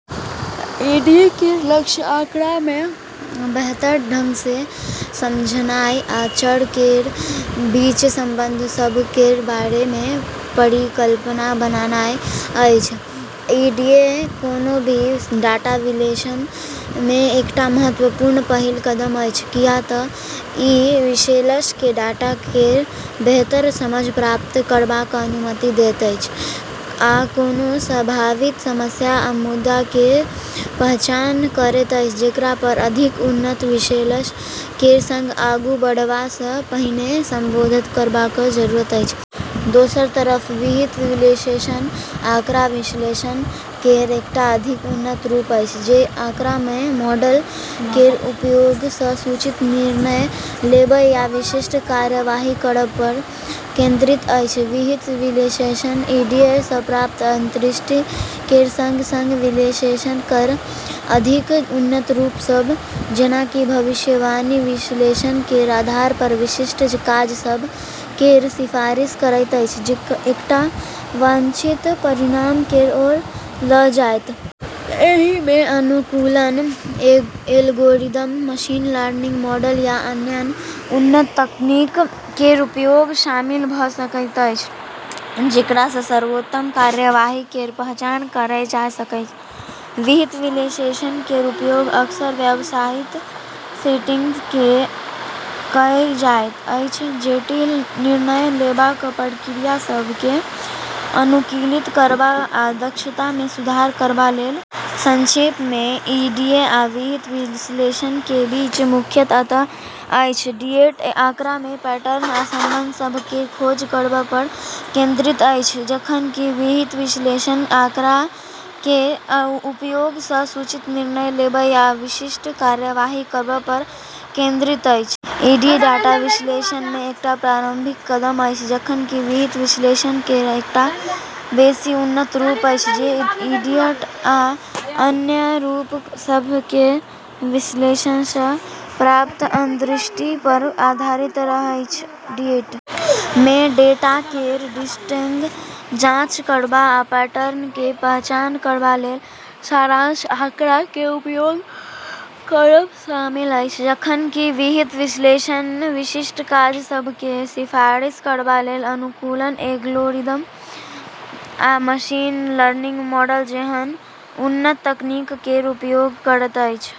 EDA केर लक्ष्य आँकड़ा केँ बेहतर ढंग सँ समझनाइ आ चर केर बीच संबंध सभ केर बारे मे परिकल्पना बनानाइ अछि। ईडीए कोनो भी डाटा विश्लेषण मे एकटा महत्वपूर्ण पहिल कदम अछि, कियाक तँ ई विश्लेषक केँ डाटा केर बेहतर समझ प्राप्त करबाक अनुमति दैत अछि, आ कोनो सम्भावित समस्या या मुद्दा केर पहचान करैत अछि जेकरा पर अधिक उन्नत विश्लेषण केर संग आगू बढ़बा सँ पहिने संबोधित करबाक जरूरत अछि। दोसर तरफ, विहित विश्लेषण आँकड़ा विश्लेषण केर एकटा अधिक उन्नत रूप अछि जे आँकड़ा आ मॉडल केर उपयोग सँ सूचित निर्णय लेबय या विशिष्ट कार्यवाही करब पर केंद्रित अछि। विहित विश्लेषण ईडीए सँ प्राप्त अंतर्दृष्टि केर संग-संग विश्लेषण केर अधिक उन्नत रूप सभ जेना कि भविष्यवाणी विश्लेषण केर आधार पर विशिष्ट काज सभ केर सिफारिश करैत अछि जे एकटा वांछित परिणाम केर ओर लऽ जायत। एहि मे अनुकूलन एल्गोरिदम, मशीन लर्निंग मॉडल या अन्य उन्नत तकनीक केर उपयोग शामिल भऽ सकैत अछि, जेकरा सँ सर्वोत्तम कार्यवाही केर पहचान कएल जा सकय। विहित विश्लेषण केर उपयोग अक्सर व्यावसायिक सेटिंग्स मे कएल जाइत अछि, जटिल निर्णय लेबाक प्रक्रिया सभ केँ अनुकूलित करबा आ दक्षता मे सुधार करबा लेल। संक्षेप मे, ईडीए आ विहित विश्लेषण केर बीच मुख्य अंतर अछि: ईडीए आँकड़ा मे पैटर्न आ संबंध सभ केर खोज करब पर केंद्रित अछि, जखन कि विहित विश्लेषण आँकड़ा केर उपयोग सँ सूचित निर्णय लेबय आ विशिष्ट कार्यवाही करब पर केंद्रित अछि। ईडीए डाटा विश्लेषण मे एकटा प्रारंभिक कदम अछि, जखन कि विहित विश्लेषण केर एकटा बेसि उन्नत रूप अछि जे ईडीए आ अन्य रूप सभ केर विश्लेषण सँ प्राप्त अंतर्दृष्टि पर आधारित अछि। ईडीए मे डेटा केर दृष्टिगत जांच करब आ पैटर्न केर पहचान करबा लेल सारांश आँकड़ा केर उपयोग करब शामिल अछि, जखन कि विहित विश्लेषण विशिष्ट काज सभ केर सिफारिश करबा लेल अनुकूलन एल्गोरिदम आ मशीन लर्निंग मॉडल जेहन उन्नत तकनीक केर उपयोग करैत अछि।